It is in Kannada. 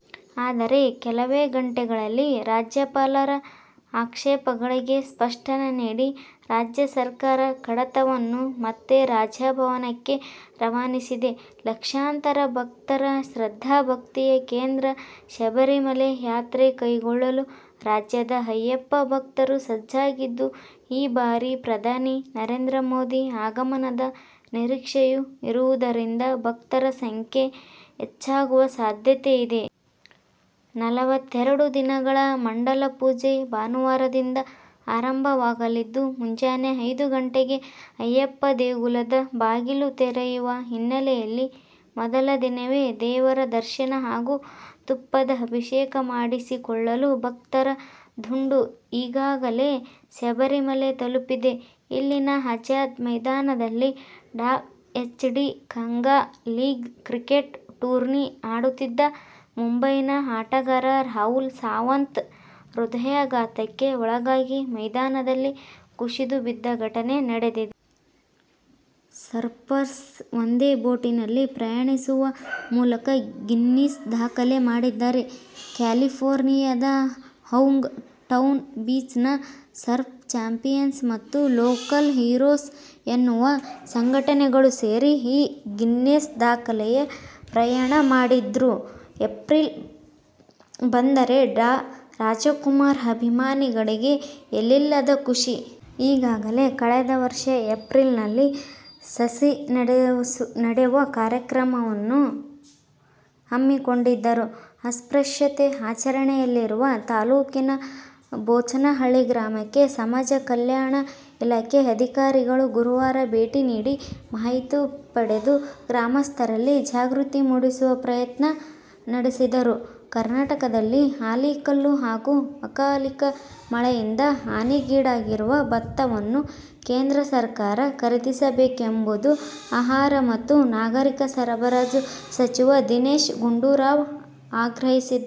ಆದರೆ, ಕೆಲವೇ ಗಂಟೆಗಳಲ್ಲಿ ರಾಜ್ಯಪಾಲರ ಆಕ್ಷೇಪಗಳಿಗೆ ಸ್ಪಷ್ಟನೆ ನೀಡಿ ರಾಜ್ಯ ಸರ್ಕಾರ ಕಡತವನ್ನು ಮತ್ತೆ ರಾಜಭವನಕ್ಕೆ ರವಾನಿಸಿದೆ. ಲಕ್ಷಾಂತರ ಭಕ್ತರ ಶ್ರದ್ಧಾ-ಭಕ್ತಿಯ ಕೇಂದ್ರ ಶಬರಿಮಲೆ ಯಾತ್ರೆ ಕೈಗೊಳ್ಳಲು ರಾಜ್ಯದ ಅಯ್ಯಪ್ಪ ಭಕ್ತರು ಸಜ್ಜಾಗಿದ್ದು, ಈ ಬಾರಿ ಪ್ರಧಾನಿ ನರೇಂದ್ರ ಮೋದಿ ಆಗಮನದ ನಿರೀಕ್ಷೆಯೂ ಇರುವುದರಿಂದ ಭಕ್ತರ ಸಂಖ್ಯೆ ಹೆಚ್ಚಾಗುವ ಸಾಧ್ಯತೆಯಿದೆ. ನಲವತ್ತೆರಡು ದಿನಗಳ ಮಂಡಲಪೂಜೆ ಭಾನುವಾರದಿಂದ ಆರಂಭವಾಗಲಿದ್ದು, ಮುಂಜಾನೆ ಐದು ಗಂಟೆಗೆ ಅಯ್ಯಪ್ಪ ದೇಗುಲದ ಬಾಗಿಲು ತೆರೆಯುವ ಹಿನ್ನೆಲೆಯಲ್ಲಿ ಮೊದಲ ದಿನವೇ ದೇವರ ದರ್ಶನ ಹಾಗೂ ತುಪ್ಪದ ಅಭಿಷೇಕ ಮಾಡಿಸಿಕೊಳ್ಳಲು ಭಕ್ತರ ದಂಡು ಈಗಾಗಲೇ ಶಬರಿಮಲೆ ತಲುಪಿದೆ. ಇಲ್ಲಿನ ಅಜಾದ್ ಮೈದಾನದಲ್ಲಿ ಡಾ. H. D Kanga league cricket tourney ಆಡುತ್ತಿದ್ದ ಮುಂಬೈನ ಆಟಗಾರ ರಾಹುಲ್ ಸಾವಂತ್ ಹೃದಯಾಘಾತಕ್ಕೆ ಒಳಗಾಗಿ ಮೈದಾನದಲ್ಲಿ ಕುಸಿದು ಬಿದ್ದ ಘಟನೆ ನಡೆದಿದೆ. ಸರ್ಫರ್ಸ್ ಒಂದೇ ಬೋಟಿನಲ್ಲಿ ಪ್ರಯಾಣಿಸುವ ಮೂಲಕ ಗಿನ್ನೀಸ್ ದಾಖಲೆ ಮಾಡಿದ್ದಾರೆ. ಕ್ಯಾಲಿಫೋರ್ನಿಯಾದ ಹೌಂಗ್ ಟೌನ್ ಬೀಚ್ ನ ಸರ್ಫ್ ಚಾಂಪಿಯನ್ಸ್ ಮತ್ತು ಲೋಕಲ್ ಹೀರೋಸ್ ಎನ್ನೋ ಸಂಘಟನೆಗಳು ಸೇರಿ ಈ ಗಿನ್ನೇಸ್ ದಾಖಲೆಯ ಪ್ರಯಾಣ ಮಾಡಿದ್ರು. ಏಪ್ರಿಲ್ ಬಂದರೆ ಡಾ. ರಾಜಕುಮಾರ್ ಅಭಿಮಾನಿಗಳಿಗೆ ಎಲ್ಲಿಲ್ಲದ ಖುಷಿ. ಈಗಾಗಲೇ ಕಳೆದ ವರ್ಷ ಏಪ್ರಿಲ್ ನಲ್ಲಿ ಸಸಿ ನೆಡುವ ಕಾರ್ಯಕ್ರಮವನ್ನು ಹಮ್ಮಿಕೊಂಡಿದ್ದರು. ಅಸ್ಪೃಶ್ಯತೆ ಆಚರಣೆಯಲ್ಲಿರುವ ತಾಲೂಕಿನ ಬೋಚನಹಳ್ಳಿ ಗ್ರಾಮಕ್ಕೆ ಸಮಾಜ ಕಲ್ಯಾಣ ಇಲಾಖೆ ಅಧಿಕಾರಿಗಳು ಗುರುವಾರ ಭೇಟಿ ನೀಡಿ ಮಾಹಿತಿ ಪಡೆದು, ಗ್ರಾಮಸ್ಥರಲ್ಲಿ ಜಾಗೃತಿ ಮೂಡಿಸುವ ಪ್ರಯತ್ನ ನಡೆಸಿದರು. ಕರ್ನಾಟಕದಲ್ಲಿ ಆಲಿಕಲ್ಲು ಹಾಗೂ ಅಕಾಲಿಕ ಮಳೆಯಿಂದ ಹಾನಿಗೀಡಾಗಿರುವ ಭತ್ತವನ್ನು ಕೇಂದ್ರ ಸರ್ಕಾರ ಖರೀದಿಸಬೇಕೆಂದು ಆಹಾರ ಮತ್ತು ನಾಗರಿಕ ಸರಬರಾಜು ಸಚಿವ ದಿನೇಶ್ ಗುಂಡೂರಾವ್ ಆಗ್ರಹಿಸಿದ್ದಾರೆ.